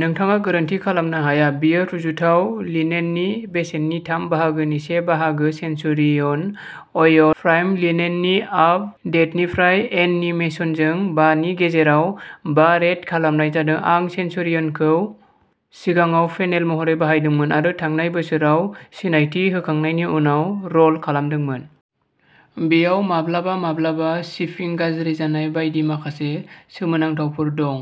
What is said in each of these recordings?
नोंथाङा गोरोन्थि खालामनो हाया। बेयो रुजुथाव लिनेननि बेसेननि थाम बाहागो नि से बाहागो सेनचुरियन अइल प्राइम्ड लिनेननि आप डेटनिफ्राय एन'निमिसजों बा नि गेजेराव बा रेट खालामनाय जादों आं सेनचुरियनखौ सिगाङाव पेनेल महरै बाहायदोंमोन आरो थांनाय बोसोराव सिनायथि होखांनायनि उनाव र'ल खालामदोंमोन। बेयाव माब्लाबा-माब्लाबा शिपिं गाज्रि जानाय बायदि माखासे सोमोनांथावफोर दं,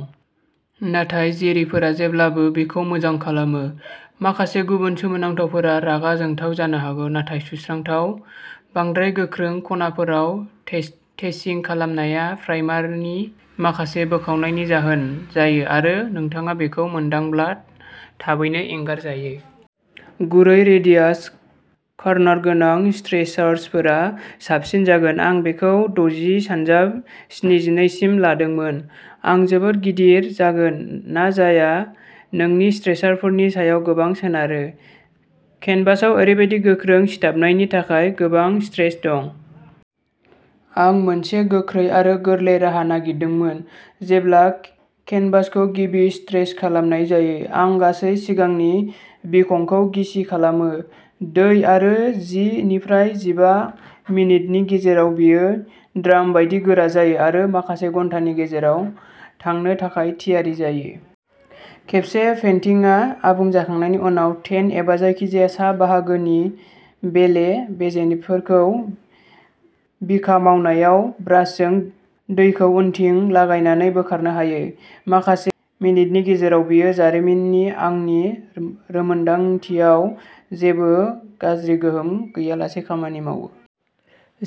नाथाय जेरिफोरा जेब्लाबो बेखौ मोजां खालामो। माखासे गुबुन सोमोनांथावफोरा रागा जोंथाव जानो हागौ नाथाय सुस्रांथाव। बांद्राय गोख्रों खनाफोराव स्ट्रेचिं खालामनाया प्राइमारनि माखासे बोखावनायनि जाहोन जायो आरो नोंथाङा बेखौ मोनदांब्ला थाबैनो एंगारजायो। गुरै रेडियास कर्नार गोनां स्ट्रेचारफोरा साबसिन जागोन। आं बेखौ दजि सानजाब स्निजिनै सिम लादोंमोन आं जोबोद गिदिर जागोन ना जाया नोंनि स्ट्रेचारफोरनि सायाव गोबां सोनारो। केनभासआव ओरैबादि गोख्रों सिथाबनायनि थाखाय गोबां स्ट्रेच दं। आं मोनसे गोख्रै आरो गोरलै राहा नागिरदोंमोन जेब्ला केनभासखौ गिबि स्ट्रेच खालामनाय जायो, आं गासै सिगांनि बिखंखौ गिसि खालामो। दै आरो जि निफ्राय जिबा मिनिटनि गेजेराव बेयो ड्राम बायदि गोरा जायो आरो माखासे घन्टानि गेजेराव थांनो थाखाय थियारि जायो। खेबसे पेन्टिंआ आबुं जाखांनायनि उनाव डेन्ट एबा जायखिजाया सा बाहागोनि बेले बेजेफोरखौ बिखा मावनायाव ब्रासजों दैखौ उनथिं लागायनानै बोखारनो हायो। माखासे मिनिटनि गेजेराव बेयो जारिमिन। आंनि रोंमोन्दांथियाव बेयो जेबो गाज्रि गोहोम गैयालासे खामानि मावो।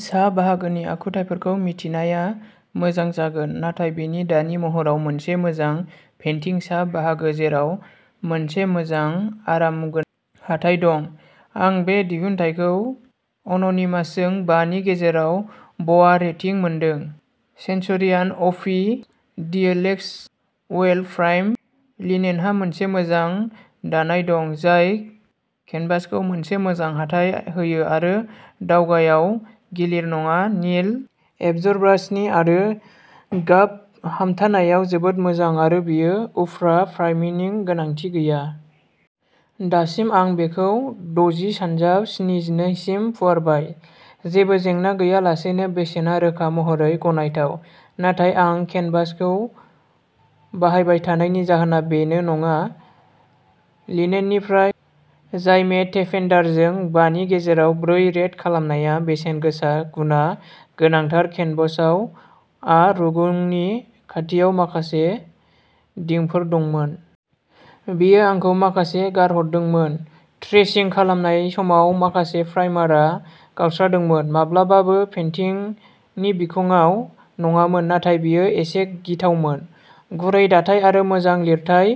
सा बाहागोनि आखुथायफोरखौ मिथिनाया मोजां जागोन, नाथाय बेनि दानि महराव मोनसे मोजां पेन्टिं सा बाहागो जेराव मोनसे मोजां आरामगोनां हाथाइ दं। आं बे दिहुनथायखौ अन'निमासजों बा नि गेजेराव बआ रेटिं मोनदों। सेस्नुरियान अपि डिएलएक्स अइल प्राइम्ड लिनेनहा मोनसे मोजां दानाय दं जाय केनभासखौ मोनसे मोजां हाथाइ होयो आरो दाथायाव गिलिर नङा निल एबजर्बान्सि आरो गाब हमथानायआ जोबोद मोजां आरो जेबो उफ्रा प्राइमिंनि गोनांथि गैया। दासिम आं बेखौ दजि सानजाब स्निजिनै सिम फुवारबाय। जेबो जेंना गैयालासेनो बेसेना रोखा महरै गनायथाव, नाथाय आं केनभासखौ बाहायबाय थानायनि जाहोना बेनो नङा, लिनेननिफ्राय जाइमेथेपेन्टारजों बा नि गेजेराव ब्रै रेट खालामनायआ बेसेन गोसा, गुनआ गोनांथार केनभासआ रुगुंनि खाथियाव माखासे दिंफोर दंमोन। बेयो आंखौ माखासे गारहरदोंमोन। स्ट्रेचिं खालामनाय समाव, माखासे प्राइमारआ गावस्रादोंमोन, माब्लाबाबो पेन्टिंनि बिखंआव नङामोन, नाथाय बेयो एसे गिथावमोन। गुरै दाथाय आरो मोजां लिरथाय,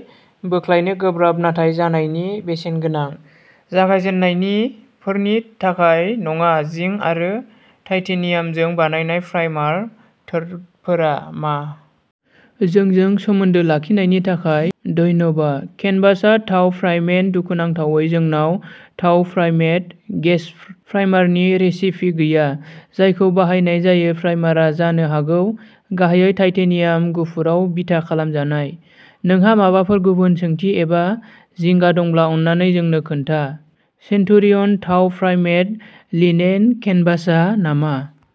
बोख्लायनो गोब्राब नाथाय नाजानायनि बेसेन गोनां। जागायजेन्नायफोरनि थाखाय नङा। जिंक आरो टाइटेनियामजों बानायनाय प्राइमार थोरफोफोरा मा? जोंजों सोमोन्दो लाखिनायनि थाखाय धन्यबा। केनभासआ थाव प्राइमेड, दुखुनांथावै, जोंनाव थाव प्राइमेड गेस'प्राइमारनि रेसिपि गैया जायखौ बाहायनाय जायो। प्राइमारआ जानो हागौ गाहायै टाइटेनियाम गुफुराव बिथा खालामजानाय। नोंहा माबाफोर गुबुन सोंथि एबा जिंगा दंब्ला अन्नानै जोंनो खोन्था। सेन्टुरियन थाव प्राइमेड लिनेन केनभासआ नामा?